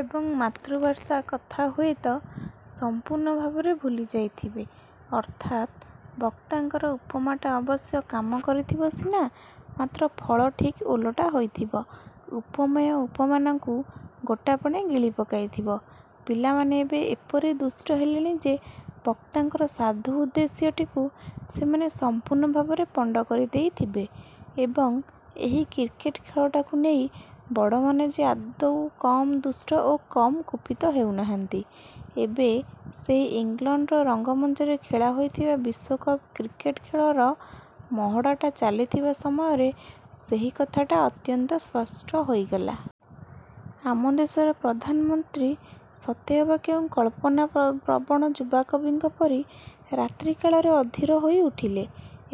ଏବଂ ମାତୃଭାଷା କଥା ହୁଏତ ସମ୍ପୂର୍ଣ୍ଣ ଭାବରେ ଭୁଲି ଯାଇଥିବେ। ଅର୍ଥାତ୍ ବକ୍ତାଙ୍କର ଉପମାଟା ଅବଶ୍ୟ କାମ କରିଥିବ ସିନା ମାତ୍ର ଫଳ ଠିକ୍ ଓଲଟା ହୋଇଥିବ। ଉପମେୟ ଉପମାନକୁ ଗୋଟାପଣେ ଗିଳି ପକାଇଥିବ। ପିଲାମାନେ ଏବେ ଏପରି ଦୁଷ୍ଟ ହେଲେଣି ଯେ ବକ୍ତାଙ୍କର ସାଧୁ ଉଦ୍ଦେଶ୍ୟଟିକୁ ସେମାନେ ସମ୍ପୂର୍ଣ୍ଣ ଭାବରେ ପଣ୍ଡ କରି ଦେଇଥିବେ ଏବଂ ଏହି କ୍ରିକେଟ ଖେଳଟାକୁ ନେଇ ବଡ଼ମାନେ ଯେ ଆଦୌ କମ୍ ଦୁଷ୍ଟ ଓ କମ୍ କୁପିତ ହେଉନାହାନ୍ତି, ଏବେ ସେହି ଇଂଲଣ୍ଡର ରଙ୍ଗମଞ୍ଚରେ ଖେଳା ହୋଇଥିବା ବିଶ୍ୱକପ୍ କ୍ରିକେଟ୍ ଖେଳର ମହଡ଼ାଟା ଚାଲିଥିବା ସମୟରେ ସେହି କଥାଟା ଅତ୍ୟନ୍ତ ସ୍ପଷ୍ଟ ହୋଇଗଲା। ଆମ ଦେଶର ପ୍ରଧାନମନ୍ତ୍ରୀ ସତେ ଅବା କେଉଁ କଳ୍ପନା ପ୍ର ପ୍ରବଣ ଯୁବାକବିଙ୍କ ପରି ରାତ୍ରିକାଳରେ ଅଧୀର ହୋଇ ଉଠିଲେ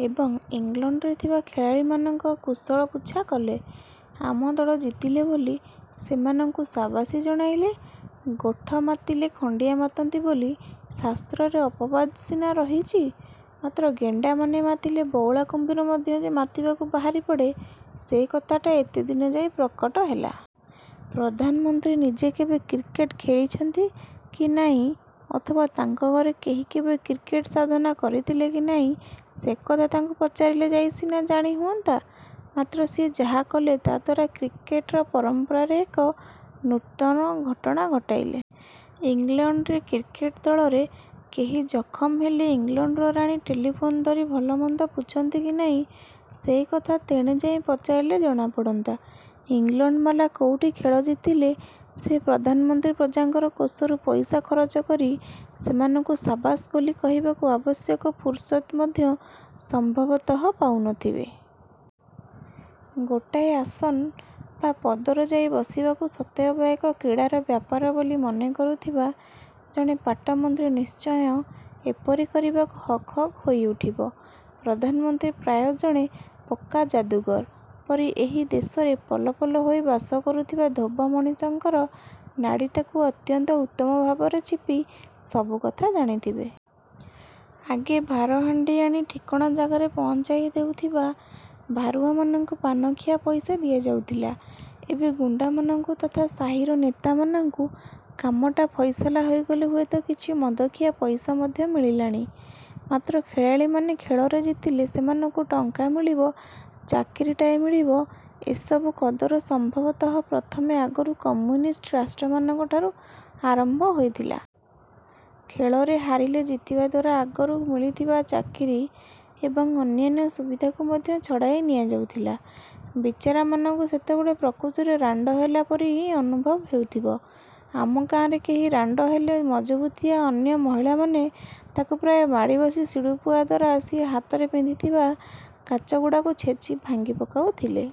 ଏବଂ ଇଂଲଣ୍ଡରେ ଥିବା ଖେଳାଳିମାନଙ୍କର କୁଶଳ ପୁଚ୍ଛା କଲେ। ଆମ ଦଳ ଜିତିଲେ ବୋଲି ସେମାନଙ୍କୁ ସାବାସୀ ଜଣାଇଲେ। ଗୋଠ ମାତିଲେ ଖଣ୍ଡିଆ ମାତନ୍ତି ବୋଲି ଶାସ୍ତ୍ରରେ ଅପବାଦ ସିନା ରହିଛି, ମାତ୍ର ଗେଣ୍ଡାମାନେ ମାତିଲେ ବଉଳା କୁମ୍ଭୀର ମଧ୍ୟ ଯେ ମାତିବାକୁ ବାହାରିପଡ଼େ ସେକଥାଟା ଏତେଦିନେ ଯାଇ ପ୍ରକଟ ହେଲା। ପ୍ରଧାନମନ୍ତ୍ରୀ ନିଜେ କେବେ କ୍ରିକେଟ ଖେଳିଛନ୍ତି କି ନାହିଁ ଅଥବା ତାଙ୍କ ଘରେ କେହି କେବେ କ୍ରିକେଟ ସାଧନା କରିଥିଲେ କି ନାହିଁ ସେକଥା ତାଙ୍କୁ ପଚାରିଲେ ଯାଇ ସିନା ଜାଣି ହୁଅନ୍ତା, ମାତ୍ର ସିଏ ଯାହା କଲେ ତଦ୍ଦ୍ୱାରା କ୍ରିକେଟର ପରମ୍ପରାରେ ଏକ ନୂତନ ଘଟଣା ଘଟାଇଲେ। ଇଂଲଣ୍ଡରେ କ୍ରିକେଟ ଦଳରେ କେହି ଜଖମ ହେଲେ ଇଂଲଣ୍ଡର ରାଣୀ ଟେଲିଫୋନ୍ ଧରି ଭଲ ମନ୍ଦ ପୁଛନ୍ତି କି ନାହିଁ ସେକଥା ତେଣେ ଯାଇ ପଚାରିଲେ ଜଣାପଡ଼ନ୍ତା। ଇଂଲଣ୍ଡବାଲା କୋଉଠି ଖେଳ ଜିତିଲେ, ସେ ପ୍ରଧାନମନ୍ତ୍ରୀ ପ୍ରଜାଙ୍କର କୋଷରୁ ପଇସା ଖରଚ କରି ସେମାନଙ୍କୁ ସାବାସ୍ ବୋଲି କହିବାକୁ ଆବଶ୍ୟକ ଫୁରୁସତ୍ଟା ମଧ୍ୟ ସମ୍ଭବତଃ ପାଉନଥିବେ। ଗୋଟାଏ ଆସନ ବା ପଦରେ ଯାଇ ବସିବାକୁ ସତେଅବା ଏକ କ୍ରୀଡ଼ାର ବ୍ୟାପାର ବୋଲି ମନେକରୁଥିବା ଜଣେ ପାଟମନ୍ତ୍ରୀ ନିଶ୍ଚୟ ଏପରି କରିବାକୁ ହକ ହକ ହୋଇ ଉଠିବ। ପ୍ରଧାନମନ୍ତ୍ରୀ ପ୍ରାୟ ଜଣେ ପକ୍କା ଜାଦୁଗର ପରି ଏହି ଦେଶରେ ପଲ ପଲ ହୋଇ ବାସ କରୁଥିବା ଧୋବ ମଣିଷଙ୍କର ନାଡ଼ିଟାକୁ ଅତ୍ୟନ୍ତ ଉତ୍ତମ ଭାବରେ ଚିପି ସବୁକଥା ଜାଣିଥିବେ। ଆଗେ ଭାରହାଣ୍ଡି ଆଣି ଠିକଣା ଜାଗାରେ ପହଞ୍ଚାଇ ଦେଉଥିବା ଭାରୁଆମାନଙ୍କୁ ପାନଖିଆ ପଇସା ଦିଆଯାଉଥିଲା। ଏବେ ଗୁଣ୍ଡାମାନଙ୍କୁ ତଥା ସାହିର ନେତାମାନଙ୍କୁ କାମଟା ଫଇସଲା ହୋଇଗଲେ ହୁଏତ କିଛି ମଦଖିଆ ପଇସା ମଧ୍ୟ ମିଳିଲାଣି। ମାତ୍ର ଖେଳାଳିମାନେ ଖେଳରେ ଜିତିଲେ ସେମାନଙ୍କୁ ଟଙ୍କା ମିଳିବ, ଚାକିରିଟାଏ ମିଳିବ, ଏସବୁ କଦର ସମ୍ଭବତଃ ପ୍ରଥମେ ଆଗରୁ କମ୍ୟୁନିଷ୍ଟ ରାଷ୍ଟ୍ରମାନଙ୍କ ଠାରୁ ଆରମ୍ଭ ହୋଇଥିଲା। ଖେଳରେ ହାରିଲେ ଜିତିବା ଦ୍ଵାରା ଆଗରୁ ମିଳିଥିବା ଚାକିରି ଏବଂ ଅନ୍ୟାନ୍ୟ ସୁବିଧାକୁ ମଧ୍ୟ ଛଡ଼ାଇ ନିଆଯାଉଥିଲା। ବିଚାରାମାନଙ୍କୁ ସେତେବେଳେ ପ୍ରକୃତରେ ରାଣ୍ଡ ହେଲା ପରି ହିଁ ଅନୁଭବ ହେଉଥିବ। ଆମ ଗାଆଁରେ କେହି ରାଣ୍ଡ ହେଲେ ମଜବୁତିଆ ଅନ୍ୟ ମହିଳାମାନେ ତାକୁ ପ୍ରାୟ ମାଡ଼ିବସି ଶିଳୁପୁଆ ଦ୍ଵାରା ସିଏ ହାତରେ ପିନ୍ଧିଥିବା କାଚଗୁଡ଼ାକୁ ଛେଚି, ଭାଙ୍ଗି ପକାଉଥିଲେ।